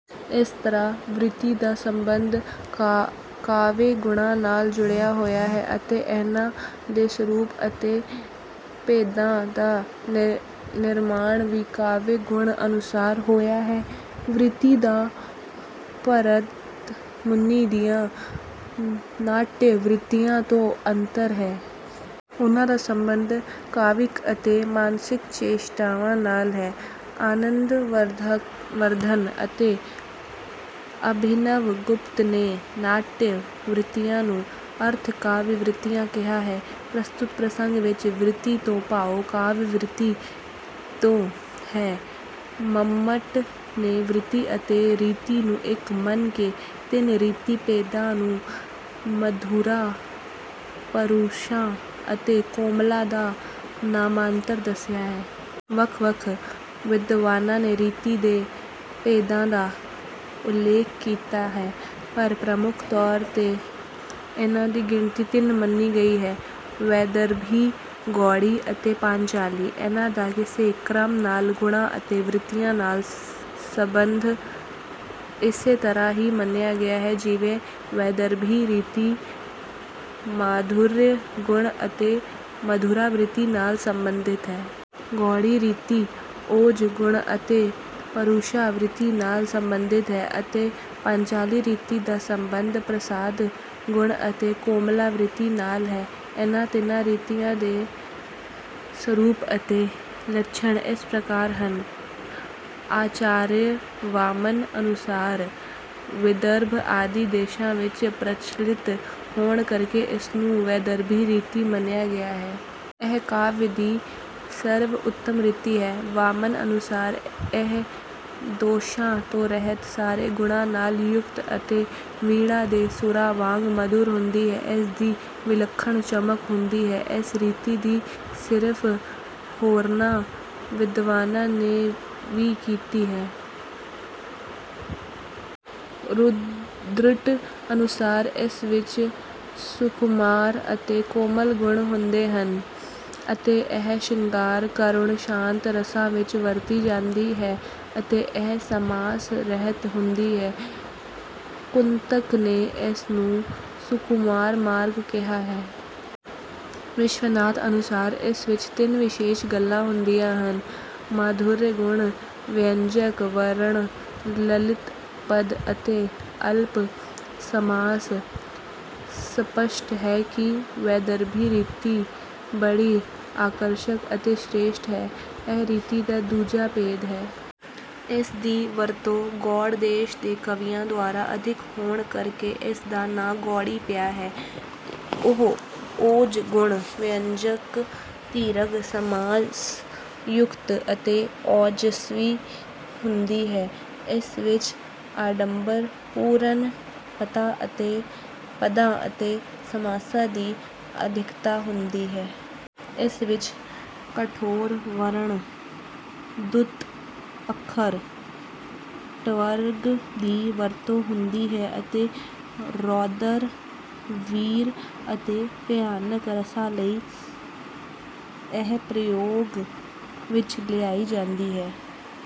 ਇਸ ਤਰ੍ਹਾਂ ਵ੍ਰਿਤੀ ਦਾ ਸਬੰਧ ਕਾਵਿ-ਗੁਣਾਂ ਨਾਲ ਜੁੜਿਆ ਹੋਇਆ ਹੈ ਅਤੇ ਇਨ੍ਹਾਂ ਦੇ ਸਰੂਪ ਅਤੇ ਭੇਦਾਂ ਦਾ ਨਿਰਮਾਣ ਵੀ ਕਾਵਿ-ਗੁਣ ਅਨੁਸਾਰ ਹੋਇਆ ਹੈ। ਵ੍ਰਿਤੀ ਦਾ ਭਰਤ ਮੁਨੀ ਦੀਆਂ ਨਾਟਯ ਵ੍ਰਿਤੀਆਂ ਤੋਂ ਅੰਤਰ ਹੈ। ਉਨ੍ਹਾਂ ਦਾ ਸਬੰਧ ਕਾਵਿਕ ਅਤੇ ਮਾਨਸਿਕ ਚੇਸ਼ਟਾਵਾਂ ਨਾਲ ਹੈ। ਆਨੰਦਵਰਧਨ ਅਤੇ ਅਭਿਨਵਗੁਪਤ ਨੇ ਨਾਟਯ ਵ੍ਰਿਤੀਆਂ ਨੂੰ ਅਰਥ-ਕਾਵਿ ਵ੍ਰਿਤੀਆਂ ਕਿਹਾ ਹੈ। ਪ੍ਰਸਤੁਤ ਪ੍ਰਸੰਗ ਵਿੱਚ ਵ੍ਰਿਤੀ ਤੋਂ ਭਾਵ ਕਾਵਿ-ਵ੍ਰਿਤੀ ਤੋਂ ਹੈ। ਮੰਮਟ ਨੇ ਵ੍ਰਿਤੀ ਅਤੇ ਰੀਤੀ ਨੂੰ ਇੱਕ ਮੰਨ ਕੇ ਤਿੰਨ ਰੀਤੀ ਭੇਦਾਂ ਨੂੰ ਮਧੁਰਾ, ਪਰੂਸ਼ਾ ਅਤੇ ਕੋਮਲਾ ਦਾ ਨਾਮਾਂਤਰ ਦੱਸਿਆ ਹੈ। ਵੱਖ-ਵੱਖ ਵਿਦਵਾਨਾਂ ਨੇ ਰੀਤੀ ਦੇ ਭੇਦਾਂ ਦਾ ਉਲੇਖ ਕੀਤਾ ਹੈ, ਪਰ ਪ੍ਰਮੁੱਖ ਤੌਰ 'ਤੇ ਇਨ੍ਹਾਂ ਦੀ ਗਿਣਤੀ ਤਿੰਨ ਮੰਨੀ ਗਈ ਹੈ - ਵੈਦਰਭੀ, ਗੌੜੀ ਅਤੇ ਪਾਂਚਾਲੀ। ਇਨ੍ਹਾਂ ਦਾ ਇਸੇ ਕ੍ਰਮ ਨਾਲ ਗੁਣਾਂ ਅਤੇ ਵ੍ਰਿਤੀਆਂ ਨਾਲ ਸਬੰਧ ਇਸੇ ਤਰ੍ਹਾਂ ਹੀ ਮੰਨਿਆ ਗਿਆ ਹੈ, ਜਿਵੇਂ ਵੈਦਰਭੀ ਰੀਤੀ ਮਾਧੁਰਯ ਗੁਣ ਅਤੇ ਮਧੁਰਾ ਵ੍ਰਿਤੀ ਨਾਲ ਸਬੰਧਿਤ ਹੈ। ਗੌੜੀ ਰੀਤੀ ਓਜ ਗੁਣ ਅਤੇ ਪਰੂਸ਼ਾ ਵ੍ਰਿਤੀ ਨਾਲ ਸਬੰਧਿਤ ਹੈ। ਅਤੇ ਪਾਂਚਾਲੀ ਰੀਤੀ ਦਾ ਸਬੰਧ ਪ੍ਰਸਾਦ ਗੁਣ ਅਤੇ ਕੋਮਲਾ ਵ੍ਰਿਤੀ ਨਾਲ ਹੈ। ਇਨ੍ਹਾਂ ਤਿੰਨਾਂ ਰੀਤੀਆਂ ਦੇ ਸਰੂਪ ਅਤੇ ਲੱਛਣ ਇਸ ਪ੍ਰਕਾਰ ਹਨ - ਆਚਾਰਯ ਵਾਮਨ ਅਨੁਸਾਰ ਵਿਦਰਭ ਆਦਿ ਦੇਸ਼ਾਂ ਵਿੱਚ ਪ੍ਰਚਲਿਤ ਹੋਣ ਕਰਕੇ ਇਸਨੂੰ ਵੈਦਰਭੀ ਰੀਤੀ ਮੰਨਿਆ ਗਿਆ ਹੈ। ਇਹ ਕਾਵਿ ਦੀ ਸਰਵ-ਉੱਤਮ ਰੀਤੀ ਹੈ। ਵਾਮਨ ਅਨੁਸਾਰ ਇਹ ਦੋਸ਼ਾਂ ਤੋਂ ਰਹਿਤ, ਸਾਰੇ ਗੁਣਾਂ ਨਾਲ ਯੁਕਤ ਅਤੇ ਵੀਣਾ ਦੇ ਸੁਰਾਂ ਵਾਂਗ ਮਧੁਰ ਹੁੰਦੀ ਹੈ। ਇਸ ਦੀ ਵਿਲੱਖਣ ਚਮਕ ਹੁੰਦੀ ਹੈ। ਇਸ ਰੀਤੀ ਦੀ ਸਿਫਤ ਹੋਰਨਾਂ ਵਿਦਵਾਨਾਂ ਨੇ ਵੀ ਕੀਤੀ ਹੈ। ਰੁਦ੍ਰਟ ਅਨੁਸਾਰ ਇਸ ਵਿੱਚ ਸੁਕੁਮਾਰ ਅਤੇ ਕੋਮਲ ਗੁਣ ਹੁੰਦੇ ਹਨ। ਅਤੇ ਇਹ ਸ਼ਿੰਗਾਰ, ਕਰੁਣ, ਸ਼ਾਂਤ ਰਸਾਂ ਵਿੱਚ ਵਰਤੀ ਜਾਂਦੀ ਹੈ ਅਤੇ ਇਹ ਸਮਾਸ-ਰਹਿਤ ਹੁੰਦੀ ਹੈ। ਕੁੰਤਕ ਨੇ ਇਸ ਨੂੰ ਸੁਕੁਮਾਰ ਮਾਰਗ ਕਿਹਾ ਹੈ। ਵਿਸ਼ਵਨਾਥ ਅਨੁਸਾਰ ਇਸ ਵਿੱਚ ਤਿੰਨ ਵਿਸ਼ੇਸ਼ ਗੱਲਾਂ ਹੁੰਦੀਆਂ ਹਨ - ਮਾਧੁਰਯ ਗੁਣ-ਵਿਅੰਜਕ ਵਰਣ, ਲਲਿਤ ਪਦ ਅਤੇ ਅਲਪ ਸਮਾਸ। ਸਪੱਸ਼ਟ ਹੈ ਕਿ ਵੈਦਰਭੀ ਰੀਤੀ ਬੜੀ ਆਕਰਸ਼ਕ ਅਤੇ ਸ੍ਰੇਸ਼ਟ ਹੈ। ਇਹ ਰੀਤੀ ਦਾ ਦੂਜਾ ਭੇਦ ਹੈ। ਇਸ ਦੀ ਵਰਤੋਂ ਗੌੜ ਦੇਸ਼ ਦੇ ਕਵੀਆਂ ਦੁਆਰਾ ਅਧਿਕ ਹੋਣ ਕਰਕੇ ਇਸ ਦਾ ਨਾਂ ਗੌੜੀ ਪਿਆ ਹੈ। ਇਹ ਓਜ ਗੁਣ-ਵਿਅੰਜਕ, ਦੀਰਘ ਸਮਾਸ-ਯੁਕਤ ਅਤੇ ਔਜਸਵੀ ਹੁੰਦੀ ਹੈ। ਇਸ ਵਿੱਚ ਆਡੰਬਰ-ਪੂਰਨ ਪਦਾਂ ਅਤੇ ਸਮਾਸਾਂ ਦੀ ਅਧਿਕਤਾ ਹੁੰਦੀ ਹੈ। ਇਸ ਵਿੱਚ ਕਠੋਰ ਵਰਣ, ਦੁੱਤ ਅੱਖਰ, ਟਵਰਗ ਦੀ ਵਰਤੋਂ ਹੁੰਦੀ ਹੈ ਅਤੇ ਰੌਦਰ, ਵੀਰ ਅਤੇ ਭਿਆਨਕ ਰਸਾਂ ਲਈ ਇਹ ਪ੍ਰਯੋਗ ਵਿੱਚ ਲਿਆਈ ਜਾਂਦੀ ਹੈ।